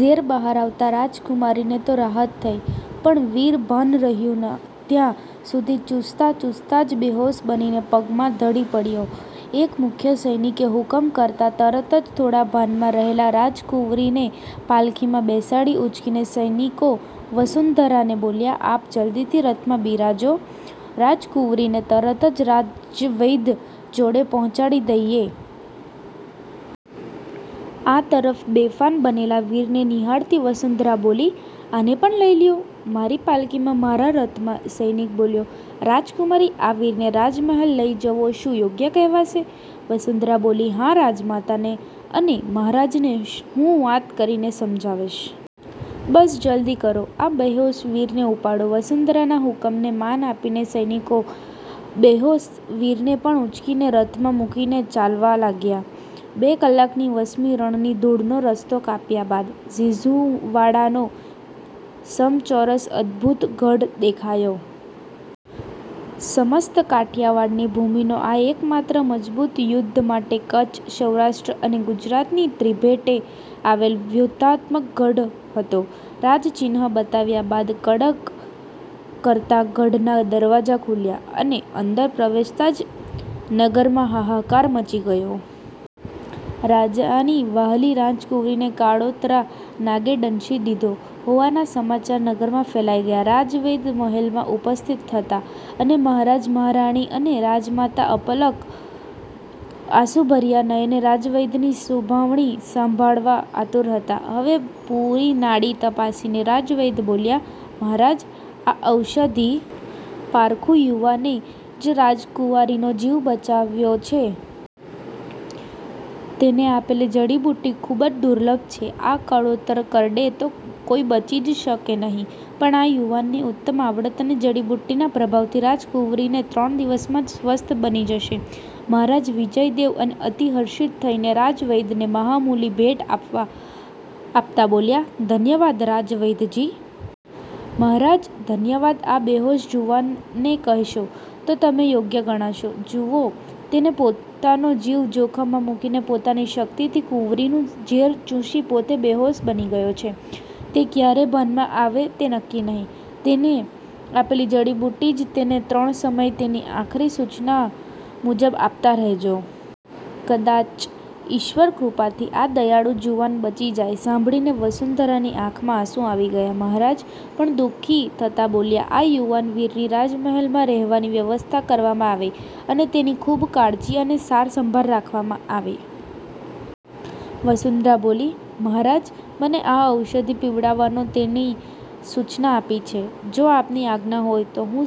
ઝેર બહાર આવતાં રાજકુમારીને તો રાહત થઈ, પણ વીર ભાન રહ્યુ ત્યાં સુધી ચૂસતાં-ચૂસતાં જ બેહોશ બનીને પગમાં જ ઢળી પડ્યો. એક મુખ્ય સૈનિકે હુકમ કરતાં તરત જ થોડાં ભાનમાં રહેલાં રાજકુંવરીને પાલખીમાં બેસાડી ઉંચકીને સૈનિકો વસુંધરાને બોલ્યાં,"આપ જલ્દીથી રથમાં બિરાજો, રાજકુંવરીને તરત જ રાજવૈદ્ય જોડે પહોંચાડી દઈએ." આ તરફ બેભાન બનેલા વીરને નિહાળતી વસુંધરા બોલી,"આને પણ લઈ લ્યો મારી પાલખીમાં મારાં રથમાં." સૈનિક બોલ્યો,"રાજકુમારી આ વીરને રાજમહેલ લઈ જવો શું યોગ્ય કહેવાશે?" વસુંધરા બોલી,"હા રાજમાતાને અને મહારાજને હું વાત કરીને સમજાવીશ. બસ જલ્દી કરો આ બેહોશ વીરને ઉપાડો." વસુંધરાનાં હુકમને માન આપીને સૈનિકો બેહોશ વીરને પણ ઉંચકીને રથમાં મૂકીને ચાલવા લાગ્યાં. બે કલાકની વસમી રણની ધૂળનો રસ્તો કાપ્યા બાદ ઝીંઝુવાડાનો સમચોરસ અદભુત ગઢ દેખાયો. સમસ્ત કાઠિયાવાડની ભૂમિનો આ એકમાત્ર મજબૂત યુદ્ધ માટેનો કચ્છ, સૌરાષ્ટ્ર અને ગુજરાતની ત્રિભેટે આવેલ વ્યૂહાત્મક ગઢ હતો. રાજચિહ્ન બતાવ્યા બાદ કડડડ કરતાં ગઢનાં દરવાજા ખુલ્યાં, અને અંદર પ્રવેશતાં જ નગરમાં હાહાકાર મચી ગયો. રાજાની વ્હાલી રાજકુંવરીને કાળોતરા નાગે દંશ દીધો હોવાના સમાચાર નગરમાં ફેલાઈ ગયાં. રાજવૈદ્ય મહેલમાં ઉપસ્થિત હતાં, અને મહારાજ, મહારાણી, અને રાજમાતાં અપલક આસુંભર્યા નયને રાજવૈદ્યની શુભવાણી સાંભળવા આતુર હતાં. હવે પુરી નાડી તપાસીને રાજવૈદ્ય બોલ્યાં,"મહારાજ આ ઔષઘીના પારખું યુવાને જ રાજકુંવરીનો જીવ બચાવ્યો છે. તેને આપેલ જડીબુટ્ટી ખુબ જ દુર્લભ છે. આ કાળોતરો કરડે તો કોઈ બચી જ શકે નહીં, પણ આ યુવાનની ઉત્તમ આવડત અને જડીબુટ્ટીના પ્રભાવથી રાજકુંવરી ત્રણ દિવસમાં સ્વસ્થ બની જશે." મહારાજ વિજયદેવ અતિ હર્ષિત થઈને રાજવૈદ્યને મહામૂલી ભેટ આપતાં બોલ્યાં,"ધન્યવાદ રાજવૈદ્યજી." મહારાજ ધન્યવાદ આ બેહોશ જુવાનને કહેશો તો યોગ્ય ગણાશે. જુવો તેને પોતાનો જીવ જોખમમાં મૂકીને પોતાની શક્તિથી કુંવરીનું ઝેર ચૂસી પોતે બેહોશ બની ગયો છે. તે કયારે ભાનમાં આવે તે નકકી નહીં. તેની આપેલ જડીબુટ્ટી જ તેને ત્રણ સમય તેની આખરી સૂચના મુજબ આપતાં રહેજો. કદાચ ઈશ્વરકૃપાથી આ દયાળુ જુવાન બચી જાય." સાંભળીને વસુંધરાની આંખમાં આંસું આવી ગયાં. મહારાજ પણ દુખી થતાં બોલ્યાં,"આ યુવાન વીરની રાજમહેલમાં રહેવાની વ્યવસ્થા કરવામાં આવે, અને તેની ખુબ કાળજી અને સાર સંભાળ રાખવામાં આવે." વસુંધરા બોલી,"મહારાજ મને આ ઔષધિ પીવડાવવાની તેણે સૂચના આપી છે. જો આપની આજ્ઞા હોય તો હું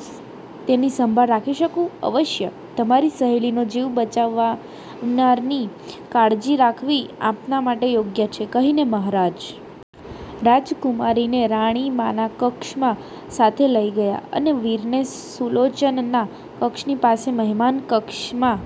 તેની સંભાળ રાખી શકું?" "અવશ્ય. તમારી સહેલીનો જીવ બચાવનારની કાળજી રાખવી આપના માટે યોગ્ય છે." કહીને મહારાજ રાજકુમારીને રાણીમાના કક્ષમાં સાથે લઈ ગયાં અને વીરને સુલોચનાના કક્ષની પાસે મહેમાન કક્ષમાં